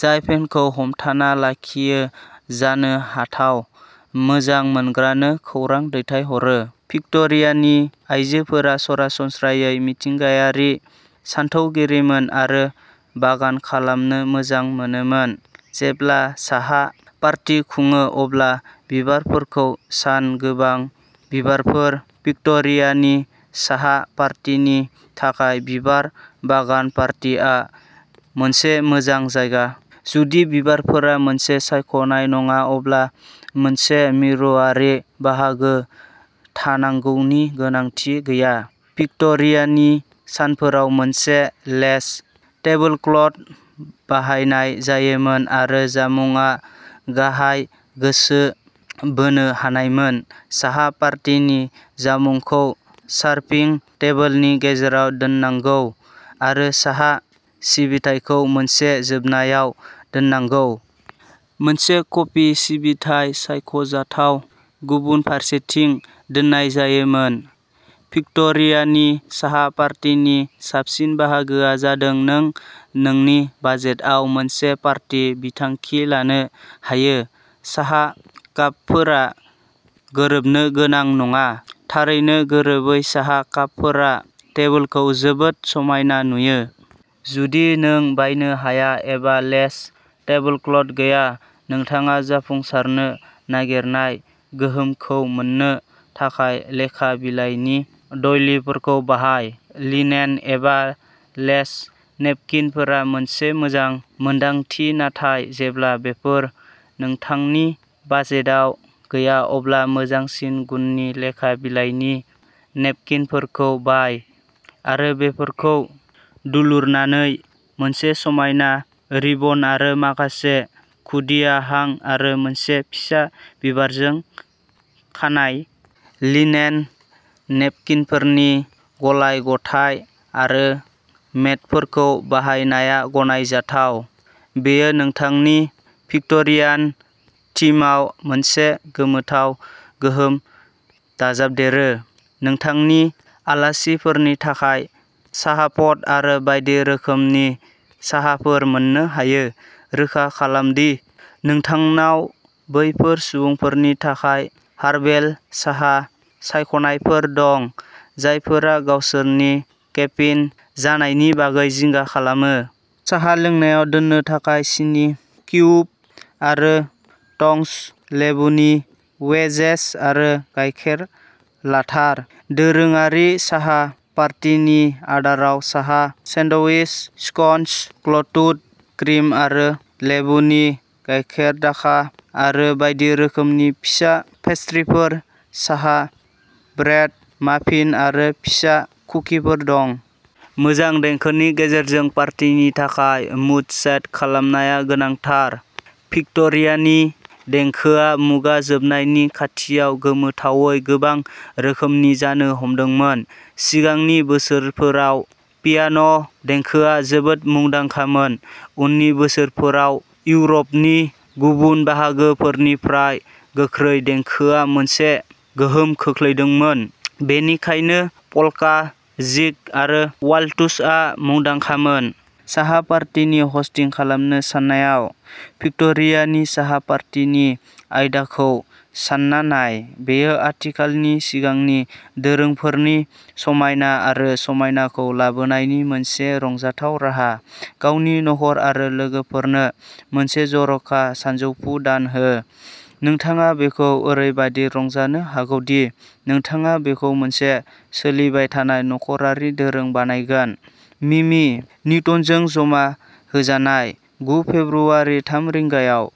जाय फेनखौ हमथाना लाखियो जानो हाथाव मोजां मोनग्रानो खौरां दैथायहरो। भिक्ट'रियानि आइजोफोरा सरासनस्रायै मिथिंगायारि सानथौगिरिमोन आरो बागान खालामनो मोजां मोनोमोन। जेब्ला साहा पार्टी खुङो अब्ला बिबारफोरखौ सान गोबां बिबारफोर भिक्ट'रियानि साहा पार्टीनि थाखाय बिबार बागान पार्टीआ मोनसे मोजां जायगा। जुदि बिबारफोरा मोनसे सायख'नाय नङा अब्ला मोनसे मिरुआरि बाहागो थानांगौनि गोनांथि गैया। भिक्ट'रियानि सानफोराव मोनसे लेस टेबोलक्लथ बाहायनाय जायोमोन आरो जामुंआ गाहाय गोसो बोनो हानायमोन। साहा पार्टीनि जामुंखौ सारभिं टेबोलनि गेजेराव दोननांगौ आरो साहा सिबिथायखौ मोनसे जोबनायाव दोननांगौ। मोनसे कफि सिबिथाइ, सायख'जाथाव, गुबुन फारसेथिं दोननाय जायोमोन। भिक्ट'रियानि साहा पार्टीनि साबसिन बाहागोआ जादों नों नोंनि बाजेटआव मोनसे पार्टी बिथांखि लानो हायो। साहा कापफोरा गोरोबनो गोनां नङा। थारैनो गोरोबै साहा कापफोरा टेबोलखौ जोबोद समायना नुयो। जुदि नों बायनो हाया एबा लेस टेबोलक्लथ गैया नोंथाङा जाफुंसारनो नागिरनाय गोहोमखौ मोन्नो थाखाय लेखा बिलाइनि डइलिफोरखौ बाहाय। लिनेन एबा लेस नेपकिनफोरा मोनसे मोजां मोनदांथि नाथाय जेब्ला बेफोर नोंथांनि बाजेटाव गैया अब्ला मोजांसिन गुननि लेखा बिलाइनि नेपकिनफोरखौ बाय आरो बेफोरखौ दुलुरनानै मोनसे समायना रिबन आरो माखासे खुदिया हां आरो मोनसे फिसा बिबारजों खानाय। लिनेन नेपकिनफोरनि गलाय-गथाय आरो मेटफोरखौ बाहायनाया गनायजाथाव। बेयो नोंथांनि भिक्ट'रियान थीमआव मोनसे गोमोथाव गोहोम दाजाबदेरो। नोंथांनि आलासिफोरनि थाखाय साहाप'ट आरो बायदि रोखोमनि साहाफोर मोन्नो हायो। रोखा खालाम दि नोंथांनाव बैफोर सुबुंफोरनि थाखाय हार्बेल साहा सायख'नायफोर दं जायफोरा गावसोरनि केफिन जानायनि बागै जिंगा खालामो। साहा लोंनायाव दोननो थाखाय सिनि किउब आरो टंस, लेबुनि वेजेस आरो गायखेर लाथार। दोरोङारि साहा पार्टिनि आदाराव साहा सेन्डविच, स्कन्स, क्ल'ट्ड क्रिम आरो लेबुनि गाइखेरदाखा आरो बायदि रोखोमनि फिसा पेस्ट्रीफोर साहा ब्रेड, माफिन आरो फिसा कुकिफोर दं। मोजां देंखोनि गेजेरजों पार्टिनि थाखाय मुड सेट खालामनाया गोनांथार। भिक्ट'रियानि देंखोआ मुगा जोबनायनि खाथियाव गोमोथावै गोबां रोखोमनि जानो हमदोंमोन। सिगांनि बोसोरफोराव पियान' देंखोआ जोबोद मुंदांखामोन। उननि बोसोरफोराव, इउर'पनि गुबुन बाहागोफोरनिफ्राय गोख्रै देंखोआ मोनसे गोहोम खोख्लैदोंमोन, बेनिखायनो पल्का, जिग आरो वाल्ट्जआ मुंदांखामोन। साहा पार्टिनि हस्टिं खालामनो साननायाव, भिक्ट'रियानि साहा पार्टिनि आयदाखौ सान्ना नाय। बेयो आथिखालनि सिगांनि दोरोंफोरनि समायना आरो समायनाखौ लाबोनायनि मोनसे रंजाथाव राहा। गावनि न'खर आरो लोगोफोरनो मोनसे जर'खा सानजौफु दान हो। नोंथाङा बेखौ ओरैबादि रंजानो हागौ दि नोंथाङा बेखौ मोनसे सोलिबाय थानाय नख'रारि दोरों बानायगोन। मिमि निउटनजों जमा होजानाय, गु फेब्रुआरि थाम रिंगायाव।